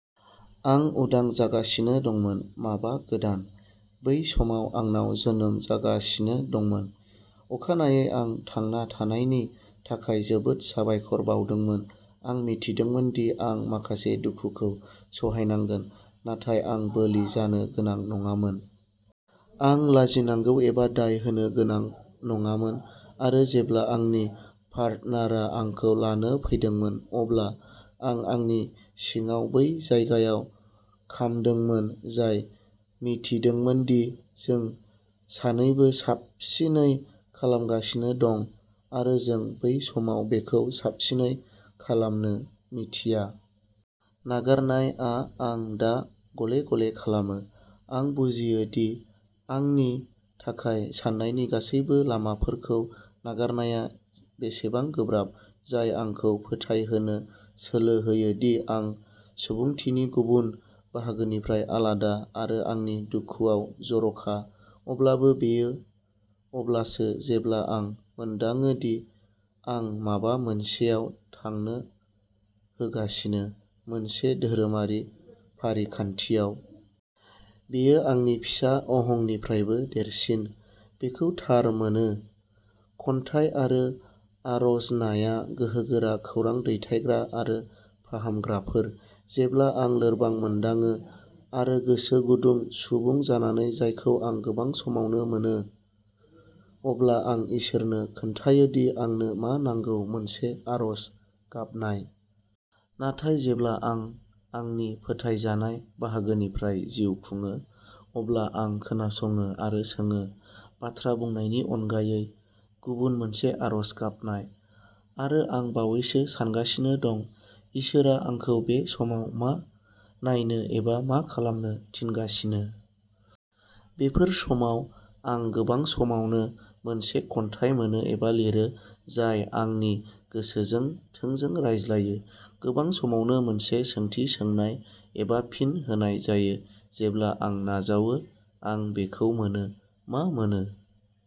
आं उदां जागासिनो दंमोन। माबा गोदान। बै समाव आंनाव जोनोम जागासिनो दंमोन। अखानायै आं थांना थानायनि थाखाय जोबोद साबायखर बावदोंमोन। आं मिथिदोंमोन दि आं माखासे दुखुखौ सहायनांगोन, नाथाय आं बोलि जानो गोनां नङामोन। आं लाजिनांगौ एबा दाय होनो गोनां नङामोन। आरो जेब्ला आंनि पार्टनारा आंखौ लानो फैदोंमोन, अब्ला आं आंनि सिङाव बै जायगायाव खामदोंमोन, जाय मिथिदोंमोन दि जों सानैबो साबसिनै खालामगासिनो दं, आरो जों बै समाव बेखौ साबसिनै खालामनो मिथिया। "नागारनाय" आ आं दा, गले-गले खालामो। आं बुजियोदि आंनि थाखाय साननायनि गासैबो लामाफोरखौ नागारनाया बेसेबां गोब्राब, जाय आंखौ फोथायहोनो सोलो होयो दि आं सुबुंथिनि गुबुन बाहागोनिफ्राय आलादा आरो आंनि दुखुआव जर'खा। अब्लाबो बेयो अब्लासो जेब्ला आं मोनदाङो दि आं'माबा मोनसे'आव थांनो होगासिनो-- मोनसे धोरोमारि फारिखान्थियाव। बेयो आंनि फिसा अहंनिफ्रायबो देरसिन-- बेखौ थार मोनो। खन्थाइ आरो आर'जनाया गोहोगोरा खौरां दैथायग्रा आरो फाहामग्राफोर। जेब्ला आं लोरबां मोनदाङो, आरो गोसो गुदुं सुबुं जानानै जायखौ आं गोबां समावनो मोनो, अब्ला आं इसोरनो खोन्थायो दि आंनो मा नांगौ-मोनसे आर'ज गाबनाय। नाथाय जेब्ला आं आंनि फोथायजानाय बाहागोनिफ्राय जिउ खुङो, अब्ला आं खोनासङो आरो सोङो, बाथ्रा बुंनायनि अनगायै-गुबुन मोनसे आर'ज गाबनाय। आरो आं बावैसो सानगासिनो दंः इसोरआ आंखौ बे समाव मा नायनो एबा खालामनो थिनगासिनो? बेफोर समाव आं गोबां समावनो मोनसे खन्थाइ मोनो एबा लिरो जाय आंनि गोसोजों थोंजों रायज्लायो। गोबां समावनो मोनसे सोंथि सोंनाय एबा फिन होनाय जायो, आरो जेब्ला आं नाजावो, आं बेखौ मोनो। मा मोनो?